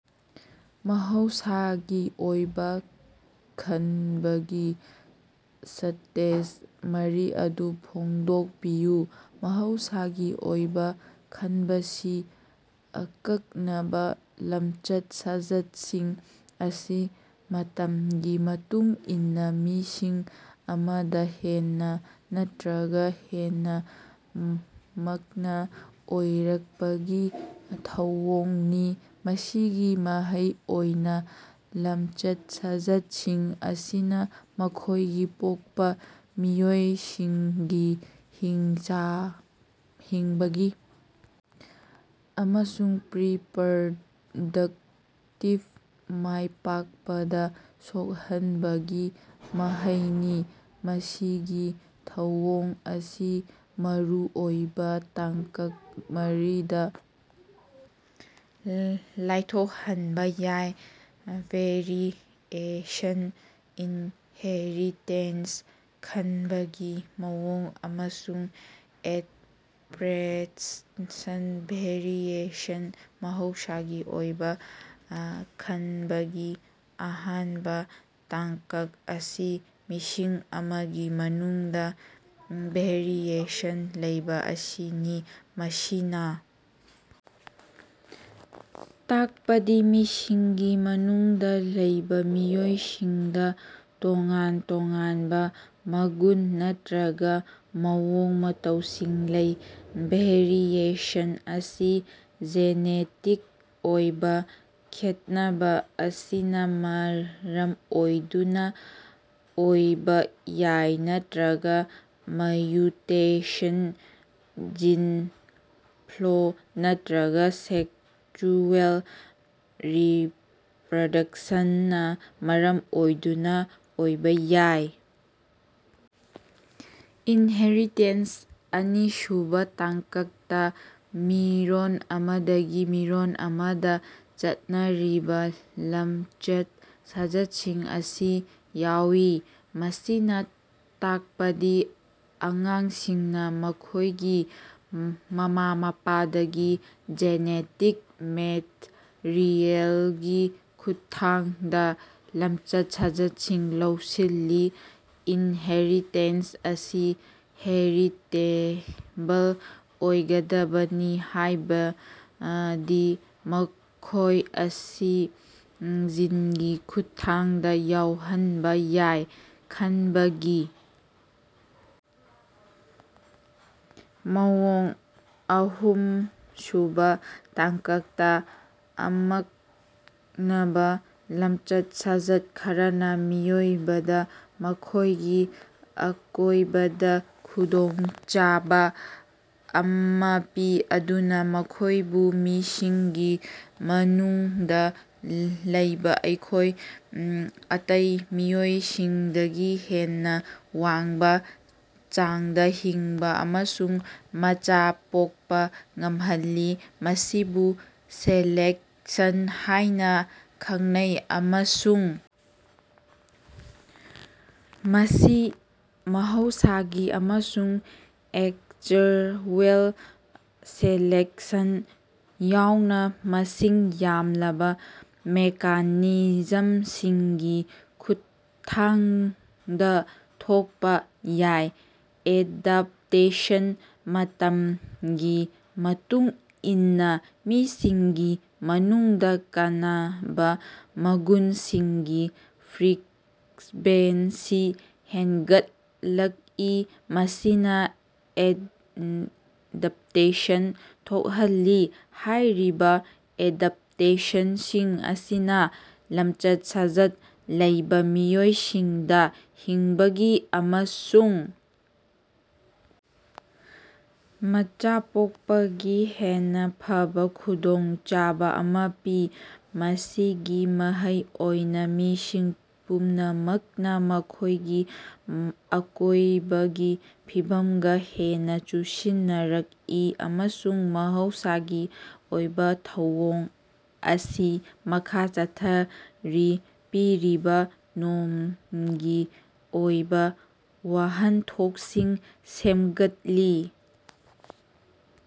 ‎ꯃꯍꯧꯁꯥꯒꯤ ꯑꯣꯏꯕ ꯈꯅꯕꯒꯤ ꯁꯇꯦꯖ ꯃꯔꯤ ꯑꯗꯨ ꯐꯣꯡꯗꯣꯀꯄꯤꯌꯨ꯫ ꯃꯍꯧꯁꯥꯒꯤ ꯑꯣꯏꯕꯥ ꯈꯅꯕꯁꯤ ꯑꯀꯛꯅꯕꯥ ꯂꯃꯆꯠ-ꯁꯥꯖꯠꯁꯤꯡ ꯑꯁꯤ ꯃꯇꯃꯒꯤ ꯃꯇꯨꯡ ꯏꯟꯅꯥ ꯃꯤꯁꯤꯡ ꯑꯃꯗꯥ ꯍꯦꯟꯅꯥ ꯅꯠꯇ꯭ꯔꯒꯥ ꯍꯦꯟꯅꯥ ꯃꯛꯅ ꯑꯣꯏꯔꯀꯄꯒꯤ ꯊꯧꯑꯣꯡꯅꯤ, ꯃꯁꯤꯒꯤ ꯃꯍꯩ ꯑꯣꯏꯅꯥ ꯂꯃꯆꯠ-ꯁꯥꯖꯠꯁꯤꯡ ꯑꯁꯤꯅꯥ ꯃꯈꯣꯏꯒꯤ ꯄꯣꯛꯄꯥ ꯃꯤꯑꯣꯏꯁꯤꯡꯒꯤ ꯍꯤꯡꯆꯥ ꯍꯤꯡꯕꯒꯤ ꯑꯃꯁꯨꯡ ꯄ꯭ꯔꯤꯄ꯭ꯔꯗꯛꯇꯤꯚ ꯃꯥꯏꯄꯥꯛꯄꯗ ꯁꯣꯛꯍꯟꯕꯒꯤ ꯃꯍꯩꯅꯤ꯫ ꯃꯁꯤꯒꯤ ꯊꯧꯑꯣꯡ ꯑꯁꯤ ꯃꯔꯨꯑꯣꯏꯕꯥ ꯇꯥꯡꯀꯛ ꯃꯔꯤꯗꯥ ꯂꯥꯏꯊꯣꯛꯍꯟꯕꯥ ꯌꯥꯏ: ꯚꯦꯔꯤꯑꯦꯁꯟ, ꯏꯟꯍꯦꯔꯤꯇꯦꯁ, ꯈꯟꯕꯒꯤ ꯃꯑꯣꯡ ꯑꯃꯁꯨꯡ ꯑꯦꯗꯄ꯭ꯔꯦꯞꯁꯟ꯫ ꯚꯦꯔꯤꯑꯦꯁꯟ: ꯃꯍꯧꯁꯥꯒꯤ ꯑꯣꯏꯕꯥ ꯑ ꯈꯅꯕꯒꯤ ꯑꯍꯥꯟꯕꯥ ꯇꯥꯡꯀꯛ ꯑꯁꯤ ꯃꯤꯁꯤꯡ ꯑꯃꯒꯤ ꯃꯅꯨꯡꯗꯥ ꯚꯦꯔꯤꯑꯦꯁꯟ ꯂꯩꯕꯥ ꯑꯁꯤꯅꯤ꯫ ꯃꯁꯤꯅꯥ ꯇꯥꯛꯄꯗꯤ ꯃꯤꯁꯤꯡꯒꯤ ꯃꯅꯨꯡꯗꯥ ꯂꯩꯕꯥ ꯃꯤꯑꯣꯏꯁꯤꯡꯗꯥ ꯇꯣꯉꯥꯟ-ꯇꯣꯉꯥꯟꯕꯥ ꯃꯒꯨꯟ ꯅꯠꯇ꯭ꯔꯒꯥ ꯃꯑꯣꯡ - ꯃꯇꯧꯁꯤꯡ ꯂꯩ꯫ ꯚꯦꯔꯤꯑꯦꯁꯟ ꯑꯁꯤ ꯖꯦꯅꯦꯇꯤꯛ ꯑꯣꯏꯕꯥ ꯈꯦꯠꯅꯕꯥ ꯑꯁꯤꯅꯥ ꯃꯔꯝ ꯑꯣꯏꯗꯨꯅꯥ ꯑꯣꯏꯕꯥ ꯌꯥꯏ ꯅꯠꯇ꯭ꯔꯒꯥ ꯃ꯭ꯌꯨꯇꯦꯁꯟ ꯖꯤꯟ ꯐ꯭ꯂꯣ ꯅꯠꯇ꯭ꯔꯒꯥ ꯁꯦꯛꯁꯨꯑꯦꯜ ꯔꯤꯄ꯭ꯔꯗꯛꯁꯟꯅꯥ ꯃꯔꯝ ꯑꯣꯏꯗꯨꯅꯥ ꯑꯣꯏꯕꯥ ꯌꯥꯏ꯫ ꯏꯟꯍꯦꯔꯤꯇꯦꯟꯁ: ꯑꯅꯤꯁꯨꯕꯥ ꯇꯥꯡꯀꯛꯇꯥ ꯃꯤꯔꯣꯟ ꯑꯃꯗꯒꯤ ꯃꯤꯔꯣꯟ ꯑꯃꯗꯥ ꯆꯠꯅꯔꯤꯕꯥ ꯂꯝꯆꯠ-ꯁꯥꯖꯠꯁꯤꯡ ꯑꯁꯤ ꯌꯥꯎꯏ꯫ ꯃꯁꯤꯅꯥ ꯇꯥꯛꯄꯗꯤ ꯑꯉꯥꯡꯁꯤꯡꯅꯥ ꯃꯈꯣꯏꯒꯤ ꯃꯃꯥ-ꯃꯄꯥꯗꯒꯤ ꯖꯦꯅꯦꯇꯤꯛ ꯃꯦꯇꯔꯤꯑꯦꯜꯒꯤ ꯈꯨꯠꯊꯥꯡꯗꯥ ꯂꯝꯆꯠ-ꯁꯥꯖꯠꯁꯤꯡ ꯂꯧꯁꯤꯜꯂꯤ꯫ ꯏꯅꯍꯦꯔꯤꯇꯦꯟꯁ ꯑꯁꯤ ꯍꯦꯔꯤꯇꯦꯕꯜ ꯑꯣꯏꯒꯗꯕꯅꯤ ꯍꯥꯏꯕꯗꯤ ꯃꯈꯣꯏ ꯑꯁꯤ ꯖꯤꯟꯒꯤ ꯈꯨꯠꯊꯥꯡꯗꯥ ꯌꯧꯍꯟꯕꯥ ꯌꯥꯏ꯫ ꯈꯟꯕꯒꯤ ‎ ꯃꯑꯣꯡ: ꯑꯍꯨꯝꯁꯨꯕꯥ ꯇꯥꯡꯀꯛꯇꯥ ꯑꯃꯛꯅꯕꯥ ꯂꯃꯆꯠ-ꯁꯥꯖꯠ ꯈꯔꯅꯥ ꯃꯤꯑꯣꯏꯕꯗꯥ ꯃꯈꯣꯏꯒꯤ ꯑꯀꯣꯏꯕꯗꯥ ꯈꯨꯗꯣꯡꯆꯥꯕꯥ ꯑꯃꯥ ꯄꯤ, ꯑꯗꯨꯅꯥ ꯃꯈꯣꯏꯕꯨ ꯃꯤꯁꯤꯡꯒꯤ ꯃꯅꯨꯡꯗꯥ ꯂꯩꯕꯥ ꯑꯩꯈꯣꯏ ꯎꯝ ꯑꯇꯩ ꯃꯤꯑꯣꯏꯁꯤꯡꯗꯒꯤ ꯍꯦꯟꯅꯥ ꯋꯥꯡꯕꯥ ꯆꯥꯡꯗꯥ ꯍꯤꯡꯕꯥ ꯑꯃꯁꯨꯡ ꯃꯆꯥ ꯄꯣꯛꯄꯥ ꯉꯝꯍꯜꯂꯤ꯫ ꯃꯁꯤꯕꯨ ꯁꯦꯂꯦꯛꯁꯟ ꯍꯥꯌꯅꯥ ꯈꯪꯅꯩ, ꯑꯃꯁꯨꯡ ꯃꯁꯤ ꯃꯍꯧꯁꯥꯒꯤ ꯑꯃꯁꯨꯡ ꯑꯦꯛꯆꯋꯦꯜ ꯁꯦꯂꯦꯛꯁꯟ ꯌꯥꯎꯅꯥ ꯃꯁꯤꯡ ꯌꯥꯝꯂꯕꯥ ꯃꯦꯀꯥꯅꯤꯖꯝꯁꯤꯡꯒꯤ ꯈꯨꯠꯊꯥꯡꯗꯥ ꯊꯣꯛꯄꯥ ꯌꯥꯏ꯫ ꯑꯦꯗꯥꯞꯇꯦꯁꯟ: ꯃꯇꯝꯒꯤ ꯃꯇꯨꯡ ꯏꯟꯅꯥ, ꯃꯤꯁꯤꯡꯒꯤ ꯃꯅꯨꯡꯗꯥ ꯀꯥꯟꯅꯕꯥ ꯃꯒꯨꯟꯁꯤꯡꯒꯤ ꯐ꯭ꯔꯤꯛꯕꯦꯟꯁꯤ ꯍꯦꯟꯒꯠꯂꯛꯏ ꯃꯁꯤꯅꯥ ꯑꯦꯗꯞꯇꯦꯁꯟ ꯊꯣꯛꯍꯜꯂꯤ꯫ ꯍꯥꯏꯔꯤꯕꯥ ꯑꯦꯗꯞꯇꯦꯁꯟꯁꯤꯡ ꯑꯁꯤꯅꯥ ꯂꯃꯆꯠ-ꯁꯥꯖꯠ ꯂꯩꯕꯥ ꯃꯤꯑꯣꯏꯁꯤꯡꯗꯥ ꯍꯤꯡꯕꯒꯤ ꯑꯃꯁꯨꯡ ꯃꯆꯥ ꯄꯣꯛꯄꯒꯤ ꯍꯦꯟꯅꯥ ꯐꯕꯥ ꯈꯨꯗꯣꯡꯆꯥꯕꯥ ꯑꯃꯥ ꯄꯤ꯫ ꯃꯁꯤꯒꯤ ꯃꯍꯩ ꯑꯣꯏꯅꯥ ꯃꯤꯁꯤꯡ ꯄꯨꯝꯅꯃꯛꯅꯥ ꯃꯈꯣꯏꯒꯤ ꯑꯀꯣꯏꯕꯒꯤ ꯐꯤꯕꯃꯒꯥ ꯍꯦꯟꯅꯥ ꯆꯨꯁꯤꯟꯅꯔꯛꯏ ꯑꯃꯁꯨꯡ ꯃꯍꯧꯁꯥꯒꯤ ꯑꯣꯏꯕꯥ ꯊꯧꯑꯣꯡ ꯑꯁꯤ ꯃꯈꯥ ꯆꯠꯊꯔꯤ꯫ ꯄꯤꯔꯤꯕꯥ ꯅꯣꯡꯃꯒꯤ ꯑꯣꯏꯕꯥ ꯋꯥꯍꯟꯊꯣꯛꯁꯤꯡ ꯁꯦꯝꯒꯠꯂꯤ꯫